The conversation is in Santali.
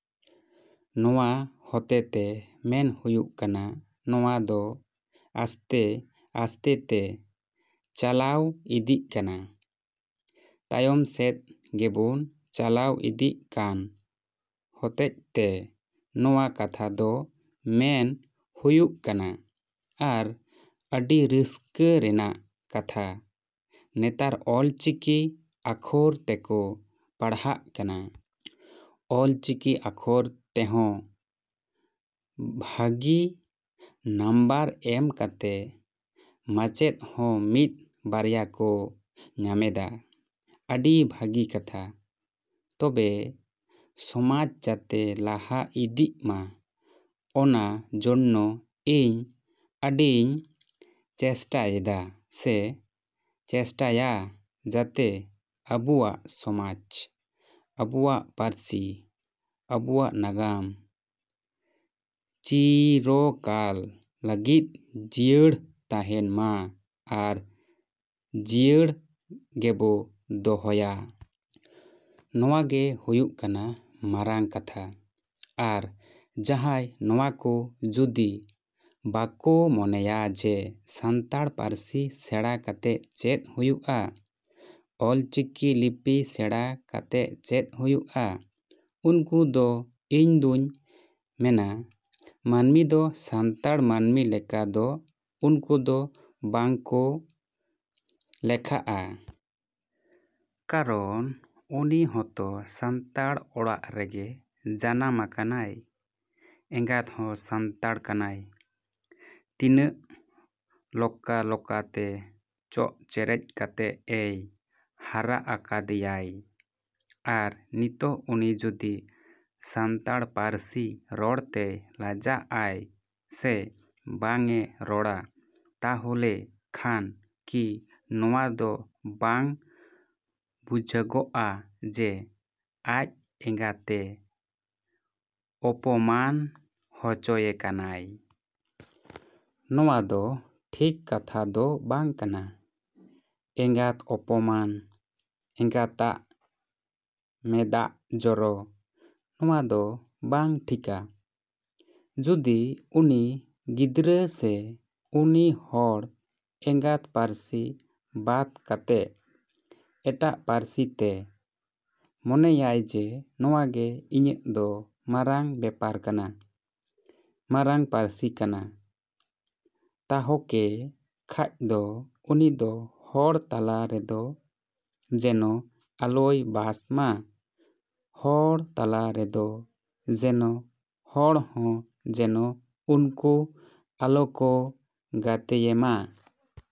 ᱱᱚᱣᱟ ᱦᱚᱛᱮᱛᱮ ᱢᱮᱱ ᱦᱩᱭᱩᱜ ᱠᱟᱱᱟ ᱱᱚᱣᱟ ᱫᱚ ᱟᱥᱛᱮᱼᱟᱥᱛᱮᱛᱮ ᱪᱟᱞᱟᱣ ᱤᱫᱤᱜ ᱠᱟᱱᱟ᱾ ᱛᱟᱭᱚᱢ ᱥᱮᱫ ᱜᱮᱵᱚᱱ ᱪᱟᱞᱟᱣ ᱤᱫᱤᱜ ᱠᱟᱱ ᱦᱚᱛᱮᱡᱛᱮ ᱱᱚᱣᱟ ᱠᱟᱛᱷᱟ ᱫᱚ ᱢᱮᱱ ᱦᱩᱭᱩᱜ ᱠᱟᱱᱟ᱾ ᱟᱨ ᱟᱹᱰᱤ ᱨᱟᱹᱥᱠᱟᱹ ᱨᱮᱱᱟᱜ ᱠᱟᱛᱷᱟ ᱱᱮᱛᱟᱨ ᱚᱞ ᱪᱤᱠᱤ ᱟᱠᱷᱚᱨ ᱛᱮᱠᱚ ᱯᱟᱲᱦᱟᱜ ᱠᱟᱱᱟ᱾ ᱚᱞ ᱪᱤᱠᱤ ᱟᱠᱷᱚᱨ ᱛᱮᱦᱚᱸ ᱵᱷᱟᱹᱜᱤ ᱱᱟᱢᱵᱟᱨ ᱮᱢ ᱠᱟᱛᱮ ᱢᱟᱪᱮᱫ ᱦᱚᱸ ᱢᱤᱫ ᱵᱟᱨᱭᱟ ᱠᱚ ᱧᱟᱢᱮᱫᱟ᱾ ᱟᱹᱰᱤ ᱵᱷᱟᱹᱜᱤ ᱠᱟᱛᱷᱟ᱾ ᱛᱚᱵᱮ ᱥᱚᱢᱟᱡᱽ ᱡᱟᱛᱮ ᱞᱟᱦᱟ ᱤᱫᱤᱜ ᱢᱟ ᱚᱱᱟ ᱡᱚᱱᱱᱚ ᱤᱧ ᱟᱹᱰᱤᱧ ᱪᱮᱥᱴᱟᱭᱮᱫᱟ ᱥᱮ ᱪᱮᱥᱴᱟᱭᱟ ᱡᱟᱛᱮ ᱟᱵᱚᱣᱟᱜ ᱥᱚᱢᱟᱡᱽ, ᱟᱵᱚᱣᱟᱜ ᱯᱟᱹᱨᱥᱤ, ᱟᱵᱚᱣᱟᱜ ᱱᱟᱜᱟᱢ ᱪᱤᱨᱚᱠᱟᱞ ᱞᱟᱹᱜᱤᱫ ᱡᱤᱭᱟᱹᱲ ᱛᱟᱦᱮᱱ ᱢᱟ ᱟᱨ ᱡᱤᱭᱟᱹᱲ ᱜᱮᱵᱚ ᱫᱚᱦᱚᱭᱟ᱾ ᱱᱚᱣᱟ ᱜᱮ ᱦᱩᱭᱩᱜ ᱠᱟᱱᱟ ᱢᱟᱨᱟᱝ ᱠᱟᱛᱷᱟ᱾ ᱟᱨ ᱡᱟᱦᱟᱸᱭ ᱱᱚᱣᱟ ᱠᱚ ᱡᱩᱫᱤ ᱵᱟᱠᱚ ᱢᱚᱱᱮᱭᱟ ᱡᱮ ᱥᱟᱱᱛᱟᱲ ᱯᱟᱹᱨᱥᱤ ᱥᱮᱬᱟ ᱠᱟᱛᱮᱫ ᱪᱮᱫ ᱦᱩᱭᱩᱜᱼᱟ, ᱚᱞ ᱪᱤᱠᱤ ᱞᱤᱯᱤ ᱥᱮᱬᱟ ᱠᱟᱛᱮ ᱪᱮᱫ ᱦᱩᱭᱩᱜᱼᱟ, ᱩᱱᱠᱩ ᱫᱚ ᱤᱧᱫᱩᱧ ᱢᱮᱱᱟ ᱢᱟᱹᱱᱢᱤ ᱫᱚ ᱥᱟᱱᱛᱟᱲ ᱢᱟᱹᱱᱢᱤ ᱞᱮᱠᱟ ᱫᱚ ᱩᱱᱠᱩ ᱫᱚ ᱵᱟᱝ ᱠᱚ ᱞᱮᱠᱷᱟᱜᱼᱟ᱾ ᱠᱟᱨᱚᱱ ᱩᱱᱤ ᱦᱚᱛᱚ ᱥᱟᱱᱛᱟᱲ ᱚᱲᱟᱜ ᱨᱮᱜᱮ ᱡᱟᱱᱟᱢ ᱟᱠᱟᱱᱟᱭ᱾ ᱮᱸᱜᱟᱛ ᱦᱚᱸ ᱥᱟᱱᱛᱟᱲ ᱠᱟᱱᱟᱭ, ᱛᱤᱱᱟᱹᱜ ᱞᱚᱠᱟᱼᱞᱚᱠᱟ ᱛᱮ ᱪᱚᱜ ᱪᱮᱨᱮᱡ ᱠᱟᱛᱮᱫ ᱮᱭ ᱦᱟᱨᱟ ᱟᱠᱟᱫᱮᱭᱟᱭ᱾ ᱟᱨ ᱱᱤᱛᱚᱜ ᱩᱱᱤ ᱡᱩᱫᱤ ᱥᱟᱱᱛᱟᱲ ᱯᱟᱹᱨᱥᱤ ᱨᱚᱲ ᱛᱮᱭ ᱞᱟᱡᱟᱜᱼᱟᱭ ᱥᱮ ᱵᱟᱝᱼᱮ ᱨᱚᱲᱟ ᱛᱟᱦᱚᱞᱮ ᱠᱷᱟᱱ ᱠᱤ ᱱᱚᱣᱟ ᱫᱚ ᱵᱟᱝ ᱵᱩᱡᱷᱩᱜᱚᱜᱼᱟ ᱡᱮ ᱟᱡ ᱮᱸᱜᱟᱛᱮ ᱚᱯᱚᱢᱟᱱ ᱚᱪᱚᱭᱮ ᱠᱟᱱᱟᱭ? ᱱᱚᱣᱟ ᱫᱚ ᱴᱷᱤᱠ ᱠᱟᱛᱷᱟ ᱫᱚ ᱵᱟᱝ ᱠᱟᱱᱟ᱾ ᱮᱸᱜᱟᱛ ᱚᱯᱚᱢᱟᱱ, ᱮᱸᱜᱟᱛᱟᱜ ᱢᱮᱫᱟᱜ ᱡᱚᱨᱚ ᱱᱚᱣᱟ ᱫᱚ ᱵᱟᱝ ᱴᱷᱤᱠᱟ᱾ ᱡᱩᱫᱤ ᱩᱱᱤ ᱜᱤᱫᱽᱨᱟᱹ ᱥᱮ ᱩᱱᱤ ᱦᱚᱲ ᱮᱸᱜᱟᱛ ᱯᱟᱹᱨᱥᱤ ᱵᱟᱫ ᱠᱟᱛᱮᱫ ᱮᱴᱟᱜ ᱯᱟᱹᱨᱥᱤ ᱛᱮ ᱢᱚᱱᱮᱭᱟᱭ ᱡᱮ ᱱᱚᱣᱟ ᱜᱮ ᱤᱧᱟᱹᱝ ᱫᱚ ᱢᱟᱨᱟᱝ ᱵᱮᱯᱟᱨ ᱠᱟᱱᱟ, ᱢᱟᱨᱟᱝ ᱯᱟᱹᱨᱥᱤ ᱠᱟᱱᱟ ᱛᱟᱦᱚᱠᱮ ᱠᱷᱟᱡ ᱫᱚ ᱩᱱᱤ ᱫᱚ ᱦᱚᱲ ᱛᱟᱞᱟ ᱨᱮᱫᱚ ᱡᱮᱱᱚ ᱟᱞᱚᱭ ᱵᱟᱥ ᱢᱟ, ᱦᱚᱲ ᱛᱟᱞᱟ ᱨᱮᱫᱚ ᱡᱮᱱᱚ ᱦᱚᱲ ᱦᱚᱸ ᱡᱮᱱᱚ ᱩᱱᱠᱩ ᱟᱞᱚᱠᱚ ᱜᱟᱛᱮᱭᱮᱢᱟ᱾।